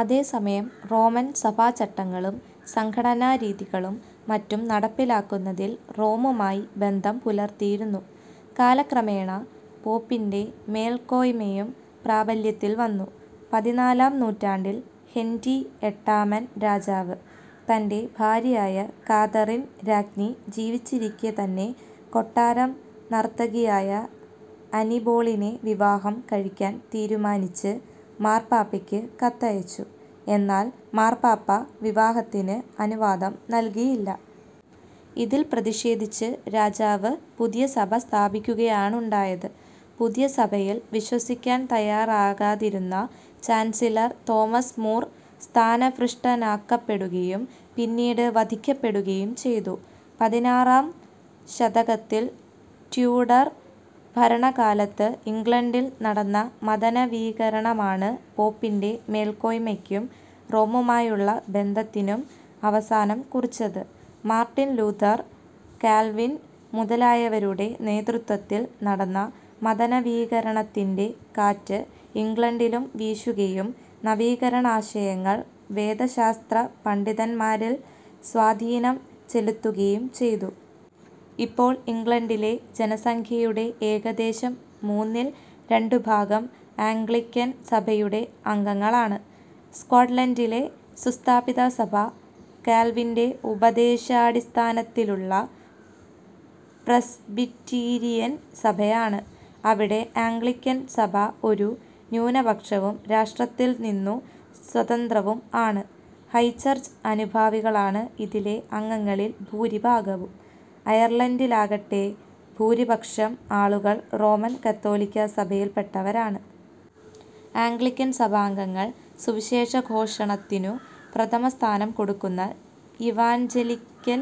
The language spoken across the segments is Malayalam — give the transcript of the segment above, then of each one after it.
അതേസമയം റോമൻ സഭാചട്ടങ്ങളും സംഘടനാരീതികളും മറ്റും നടപ്പിലാക്കുന്നതിൽ റോമുമായി ബന്ധം പുലർത്തിയിരുന്നു. കാലക്രമേണ പോപ്പിന്റെ മേൽക്കോയ്മയും പ്രാബല്യത്തിൽവന്നു. പതിനാലാം നൂറ്റാണ്ടിൽ ഹെന്റി എട്ടാമൻ രാജാവ്, തന്റെ ഭാര്യയായ കാതറിൻ രാജ്ഞി ജീവിച്ചിരിക്കെതന്നെ കൊട്ടാരം നർത്തകിയായ അനിബോളിനെ വിവാഹം കഴിക്കാൻ തീരുമാനിച്ച് മാർപാപ്പയ്ക്ക് കത്തയച്ചു. എന്നാൽ മാർപാപ്പ വിവാഹത്തിന് അനുവാദം നല്കിയില്ല. ഇതിൽ പ്രതിക്ഷേധിച്ച് രാജാവ് പുതിയ സഭ സ്ഥാപിക്കുകയാണുണ്ടായത്. പുതിയ സഭയിൽ വിശ്വസിക്കാൻ തയ്യാറാകാതിരുന്ന ചാൻസിലർ തോമസ് മൂർ സ്ഥാനഭൃഷ്ടനാക്കപ്പെടുകയും പിന്നീട് വധിക്കപ്പെടുകയും ചെയ്തു. പതിനാറാം ശതകത്തിൽ റ്റ്യൂഡർ ഭരണകാലത്ത് ഇംഗ്ലണ്ടിൽ നടന്ന മതനവീകരണമാണ് പോപ്പിന്റെ മേൽക്കോയ്മയ്ക്കും റോമുമായുള്ള ബന്ധത്തിനും അവസാനം കുറിച്ചത്. മാർട്ടിൻ ലൂഥർ, കാൽവിൻ, മുതലയാവരുടെ നേതൃത്വത്തിൽ നടന്ന മതനവീകരണത്തിന്റെ കാറ്റ് ഇംഗ്ലണ്ടിലും വീശുകയും നവീകരണാശയങ്ങൾ വേദശാസ്ത്ര പണ്ഡിതൻമാരിൽ സ്വാധീനം ചെലുത്തുകയും ചെയ്തു. ഇപ്പോൾ ഇംഗ്ളണ്ടിലെ ജനസംഖ്യയുടെ ഏകദേശം മൂന്നിൽ രണ്ടുഭാഗം ആംഗ്ലിക്കൻ സഭയുടെ അംഗങ്ങളാണ്. സ്കോട്ട്ലൻഡിലെ സുസ്ഥാപിതസഭ കാൽവിന്റെ ഉപദേശാടിസ്ഥാനത്തിലുള്ള പ്രെസ്ബിറ്റീരിയൻ സഭയാണ്. അവിടെ ആംഗ്ളിക്കൻ സഭ ഒരു ന്യൂനപക്ഷവും രാഷ്ട്രത്തിൽനിന്നു സ്വതന്ത്രവും ആണ്. ഹൈചർച്ച് അനുഭാവികളാണ് ഇതിലെ അംഗങ്ങളിൽ ഭൂരിഭാഗവും. അയർലൻഡിലാകട്ടെ, ഭൂരിപക്ഷം ആളുകൾ റോമൻ കത്തോലിക്കാസഭയിൽപ്പെട്ടവരാണ്. ആംഗ്ലിക്കൻ സഭാംഗങ്ങൾ സുവിശേഷഘോഷണത്തിനു പ്രഥമസ്ഥാനം കൊടുക്കുന്ന ഇവാൻജലിക്കൽ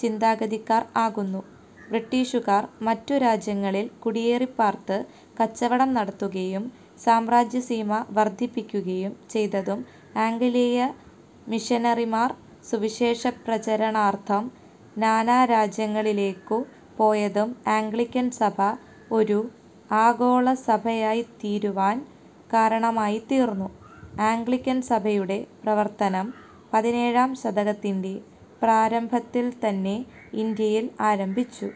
ചിന്താഗതിക്കാർ ആകുന്നു. ബ്രിട്ടീഷുകാർ മറ്റു രാജ്യങ്ങളിൽ കുടിയേറിപ്പാർത്ത് കച്ചവടം നടത്തുകയും സാമ്രാജ്യസീമ വർധിപ്പിക്കുകയും ചെയ്തതും ആംഗലേയ മിഷനറിമാർ സുവിശേഷപ്രചരണാർഥം നാനാരാജ്യങ്ങളിലേക്കു പോയതും ആംഗ്ലിക്കൻസഭ ഒരു ആഗോളസഭയായിത്തീരുവാൻ കാരണമായിത്തീർന്നു. ആംഗ്ലിക്കൻസഭയുടെ പ്രവർത്തനം പതിനേഴാം ശതകത്തിന്റെ പ്രാരംഭത്തിൽത്തന്നെ ഇന്ത്യയിൽ ആരംഭിച്ചു.